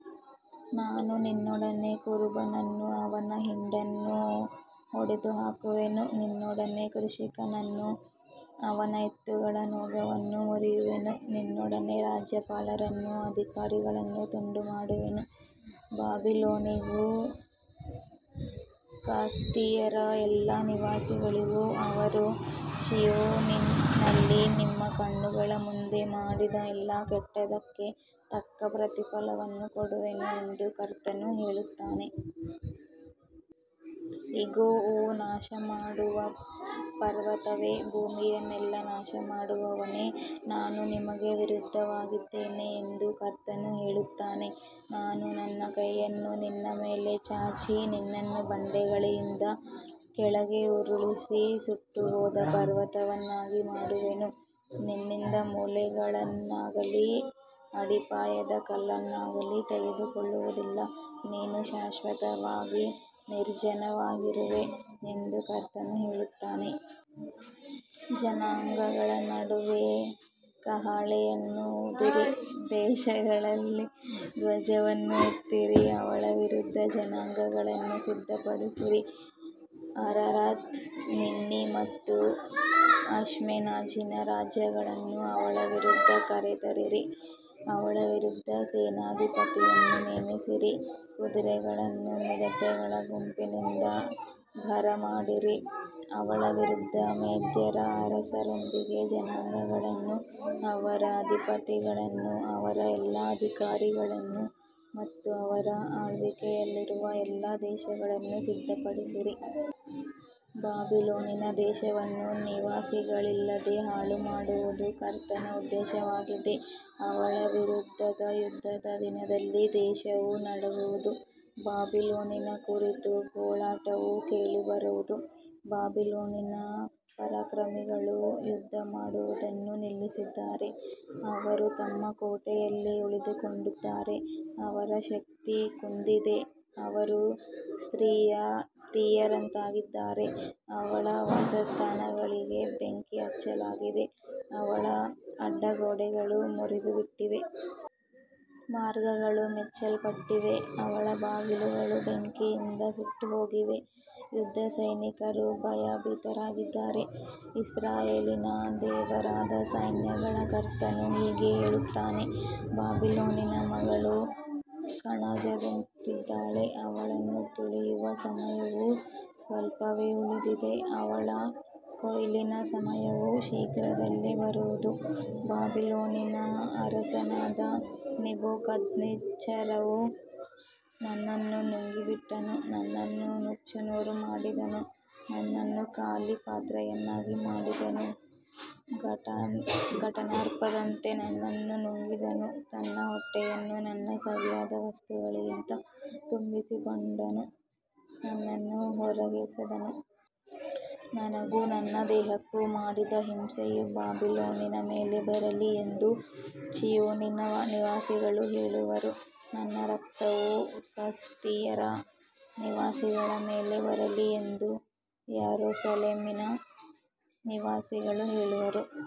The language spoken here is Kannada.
ನಾನು ನಿನ್ನೊಡನೆ ಕುರುಬನನ್ನೂ ಅವನ ಹಿಂಡನ್ನೂ ಒಡೆದುಹಾಕುವೆನು, ನಿನ್ನೊಡನೆ ಕೃಷಿಕನನ್ನೂ ಅವನ ಎತ್ತುಗಳ ನೊಗವನ್ನೂ ಮುರಿಯುವೆನು, ನಿನ್ನೊಡನೆ ರಾಜ್ಯಪಾಲರನ್ನೂ ಅಧಿಕಾರಿಗಳನ್ನೂ ತುಂಡುಮಾಡುವೆನು. ಬಾಬಿಲೋನಿಗೂ ಕಸ್ದೀಯರ ಎಲ್ಲಾ ನಿವಾಸಿಗಳಿಗೂ ಅವರು ಚೀಯೋನಿನಲ್ಲಿ ನಿಮ್ಮ ಕಣ್ಣುಗಳ ಮುಂದೆ ಮಾಡಿದ ಎಲ್ಲಾ ಕೆಟ್ಟದ್ದಕ್ಕೆ ತಕ್ಕ ಪ್ರತಿಫಲವನ್ನು ಕೊಡುವೆನು ಎಂದು ಕರ್ತನು ಹೇಳುತ್ತಾನೆ. ಇಗೋ, ಓ ನಾಶಮಾಡುವ ಪರ್ವತವೇ, ಭೂಮಿಯನ್ನೆಲ್ಲ ನಾಶಮಾಡುವವನೇ, ನಾನು ನಿನಗೆ ವಿರುದ್ಧವಾಗಿದ್ದೇನೆ ಎಂದು ಕರ್ತನು ಹೇಳುತ್ತಾನೆ, ನಾನು ನನ್ನ ಕೈಯನ್ನು ನಿನ್ನ ಮೇಲೆ ಚಾಚಿ, ನಿನ್ನನ್ನು ಬಂಡೆಗಳಿಂದ ಕೆಳಗೆ ಉರುಳಿಸಿ, ಸುಟ್ಟುಹೋದ ಪರ್ವತವನ್ನಾಗಿ ಮಾಡುವೆನು. ನಿನ್ನಿಂದ ಮೂಲೆಗಲ್ಲನ್ನಾಗಲಿ ಅಡಿಪಾಯದ ಕಲ್ಲನ್ನಾಗಲಿ ತೆಗೆದುಕೊಳ್ಳುವುದಿಲ್ಲ, ನೀನು ಶಾಶ್ವತವಾಗಿ ನಿರ್ಜನವಾಗಿರುವೆ ಎಂದು ಕರ್ತನು ಹೇಳುತ್ತಾನೆ. ಜನಾಂಗಗಳ ನಡುವೆ ಕಹಳೆಯನ್ನು ಊದಿರಿ, ದೇಶಗಳಲ್ಲಿ ಧ್ವಜವನ್ನು ಎತ್ತಿರಿ, ಅವಳ ವಿರುದ್ಧ ಜನಾಂಗಗಳನ್ನು ಸಿದ್ಧಪಡಿಸಿರಿ, ಅರಾರತ್, ಮಿನ್ನಿ ಮತ್ತು ಅಶ್ಕೆನಾಜಿನ ರಾಜ್ಯಗಳನ್ನು ಅವಳ ವಿರುದ್ಧ ಕರೆತರಿರಿ, ಅವಳ ವಿರುದ್ಧ ಸೇನಾಧಿಪತಿಯನ್ನು ನೇಮಿಸಿರಿ, ಕುದುರೆಗಳನ್ನು ಮಿಡತೆಗಳ ಗುಂಪಿನಂತೆ ಬರಮಾಡಿರಿ. ಅವಳ ವಿರುದ್ಧ ಮೇದ್ಯರ ಅರಸರೊಂದಿಗೆ ಜನಾಂಗಗಳನ್ನು, ಅವರ ಅಧಿಪತಿಗಳನ್ನು, ಅವರ ಎಲ್ಲಾ ಅಧಿಕಾರಿಗಳನ್ನು ಮತ್ತು ಅವರ ಆಳ್ವಿಕೆಯಲ್ಲಿರುವ ಎಲ್ಲಾ ದೇಶಗಳನ್ನು ಸಿದ್ಧಪಡಿಸಿರಿ. ಬಾಬಿಲೋನಿನ ದೇಶವನ್ನು ನಿವಾಸಿಗಳಿಲ್ಲದೆ ಹಾಳುಮಾಡುವುದು ಕರ್ತನ ಉದ್ದೇಶವಾಗಿದೆ, ಅವಳ ವಿರುದ್ಧದ ಯುದ್ಧದ ದಿನದಲ್ಲಿ ದೇಶವು ನಡುಗುವುದು, ಬಾಬಿಲೋನಿನ ಕುರಿತು ಗೋಳಾಟವು ಕೇಳಿಬರುವುದು. ಬಾಬಿಲೋನಿನ ಪರಾಕ್ರಮಿಗಳು ಯುದ್ಧಮಾಡುವುದನ್ನು ನಿಲ್ಲಿಸಿದ್ದಾರೆ, ಅವರು ತಮ್ಮ ಕೋಟೆಗಳಲ್ಲಿ ಉಳಿದುಕೊಂಡಿದ್ದಾರೆ, ಅವರ ಶಕ್ತಿ ಕುಂದಿದೆ, ಅವರು ಸ್ತ್ರೀಯರಂತಾಗಿದ್ದಾರೆ, ಅವಳ ವಾಸಸ್ಥಾನಗಳಿಗೆ ಬೆಂಕಿ ಹಚ್ಚಲಾಗಿದೆ, ಅವಳ ಅಡ್ಡಗೋಡೆಗಳು ಮುರಿದುಬಿದ್ದಿವೆ. ಮಾರ್ಗಗಳು ಮುಚ್ಚಲ್ಪಟ್ಟಿವೆ, ಅವಳ ಬಾಗಿಲುಗಳು ಬೆಂಕಿಯಿಂದ ಸುಟ್ಟುಹೋಗಿವೆ, ಯುದ್ಧಸೈನಿಕರು ಭಯಭೀತರಾಗಿದ್ದಾರೆ. ಇಸ್ರಾಯೇಲಿನ ದೇವರಾದ ಸೈನ್ಯಗಳ ಕರ್ತನು ಹೀಗೆ ಹೇಳುತ್ತಾನೆ, ಬಾಬಿಲೋನಿನ ಮಗಳು ಕಣಜದಂತಿದ್ದಾಳೆ, ಅವಳನ್ನು ತುಳಿಯುವ ಸಮಯವು ಸ್ವಲ್ಪವೇ ಉಳಿದಿದೆ, ಅವಳ ಕೊಯ್ಲಿನ ಸಮಯವು ಶೀಘ್ರದಲ್ಲೇ ಬರುವುದು. ಬಾಬಿಲೋನಿನ ಅರಸನಾದ ನೆಬೂಕದ್ನೆಚ್ಚರನು ನನ್ನನ್ನು ನುಂಗಿಬಿಟ್ಟನು, ನನ್ನನ್ನು ನುಚ್ಚುನೂರು ಮಾಡಿದನು, ನನ್ನನ್ನು ಖಾಲಿ ಪಾತ್ರೆಯನ್ನಾಗಿ ಮಾಡಿದನು, ಘಟಸರ್ಪದಂತೆ ನನ್ನನ್ನು ನುಂಗಿದನು, ತನ್ನ ಹೊಟ್ಟೆಯನ್ನು ನನ್ನ ಸವಿಯಾದ ವಸ್ತುಗಳಿಂದ ತುಂಬಿಸಿಕೊಂಡನು, ನನ್ನನ್ನು ಹೊರಗೆಸೆದನು. ನನಗೂ ನನ್ನ ದೇಹಕ್ಕೂ ಮಾಡಿದ ಹಿಂಸೆಯು ಬಾಬಿಲೋನಿನ ಮೇಲೆ ಬರಲಿ ಎಂದು ಚೀಯೋನಿನ ನಿವಾಸಿಗಳು ಹೇಳುವರು, ನನ್ನ ರಕ್ತವು ಕಸ್ದೀಯರ ನಿವಾಸಿಗಳ ಮೇಲೆ ಬರಲಿ ಎಂದು ಯೆರೂಸಲೇಮಿನ ನಿವಾಸಿಗಳು ಹೇಳುವರು.